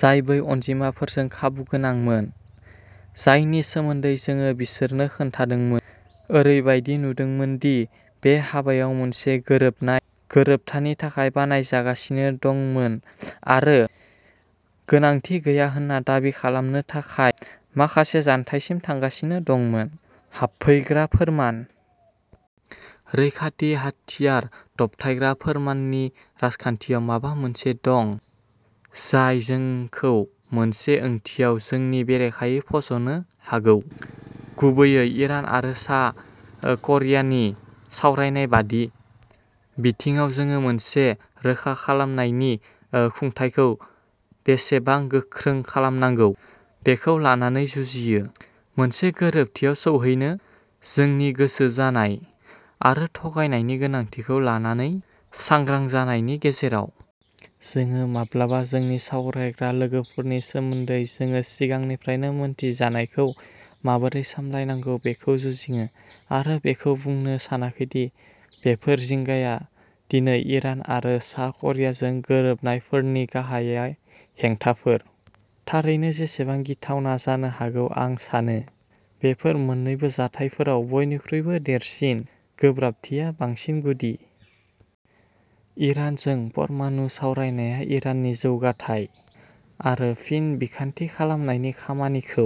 जाय बै अनजिमाफोरजों खाबुगोनांमोन। जायनि सोमोन्दै जोङो बिसोरनो खिन्थादोंमोन। ओरैबायदि नुजादोंमोन दि बे हाबायाव मोनसे गोरोबनाय गोरोबथानि थाखाय बानायजागासिनो दंमोन आरो गोनांथि गैया होनना दाबि खालामनो थाखाय माखासे जानथायसिम थांगासिनो दंमोन। हाबफैग्रा फोरमान। रैखाथि हाथियार दबथायग्रा फोरमाननि राजखान्थियाव माबा मोनसे दं जाय जोंखौ मोनसे ओंथियाव जोंनि बेरेखायै फज'नो हागौ। गुबैयै इरान आरो सा ओ क'रियानि सावरायनाय बायदि बिथिङाव जों मोनसे रोखा खालामनायनि ओ खुंथाइखौ बेसेबां गोख्रों खालामनांगौ बेखौ लानानै जुजियो, मोनसे गोरोबथियाव सौहैनो जोंनि गोसो जानाय आरो थगायनायनि गोनांथिखौ लानानै सांग्रां जानायनि गेजेराव। जोङो माब्लाबा जोंनि सावरायग्रा लोगोफोरनि सोमोन्दै जोङो सिगांनिफ्रायनो मिनथि जानायखौ माबोरै सामलायनांगौ बेखौ जुजिङो। आरो बेखौ बुंनो सानाखै दि बेफोर जिंगाया दिनै इरान आरो सा क'रियाजों गोरोबनायफोरनि गाहाय हेंथाफोर। थारैनो, जेसेबां गिथावना जानो हागौ आं सानो बेफोरो मोननैबो जाथायफोराव बयनिख्रुइबो देरसिन गोब्राबथिया बांसिन गुदि। इरानजों परमाणु सावरायनाया इराननि जौगाथाय आरो फिन बिखान्थि खालामनायनि खामानिखौ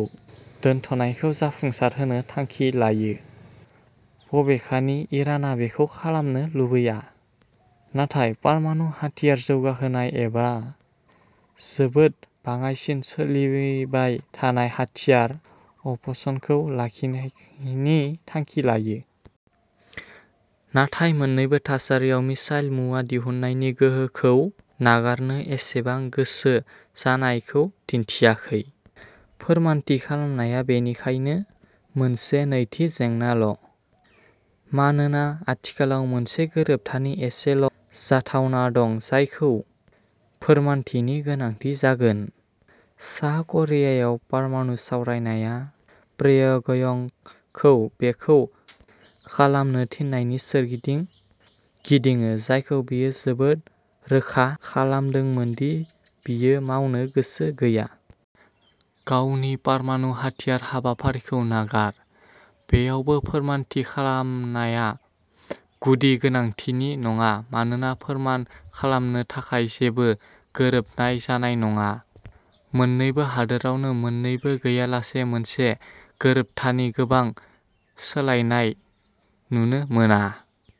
दोनथ'नायखौ जाफुंसारहोनो थांखि लायो। बबेखानि इरानआ बेखौ खालामनो लुबैया। नाथाय परमाणु हाथियार जौगाहोनाय एबा जोबोद बाङाइसिन सोलिबाय थानाय हाथियार "अपसन" खौ लाखिनायनि थांखि लायो। नाथाय मोननैबो थासारियाव मिसाइल मुवा दिहुनायनि गोहोखौ नागारनो एसेबां गोसो जानायखौ दिन्थियाखै। फोरमानथि खालामनाया बेनिखायनो मोनसे नैथि जेंनाल'। मानोना आथिखालाव मोनसे गोरोबथानि एसेल' जाथावना दं जायखौ फोरमानथिनि गोनांथि जागोन। सा करियायाव परमाणु सावरायनाया प्योंगयंगखौ बेखौ खालामनो थिननायनि सोरगिदिं गिदिङो जायखौ बियो जोबोद रोखा खालामदोंमोन दि बियो मावनो गोसो गैया। गावनि पारमाणु हाथियार हाबाफारिखौ नागार। बेयावबो फोरमानथि खालामनाया गुदि गोनांथिनि नङा मानोना फोरमान खालामनो थाखाय जेबो गोरोबनाय जानाय नङा। मोननैबो हादोरावनो मोननैबो गैयालासे मोनसे गोरोबथानि गोबां सोलायनाय नुनो मोना।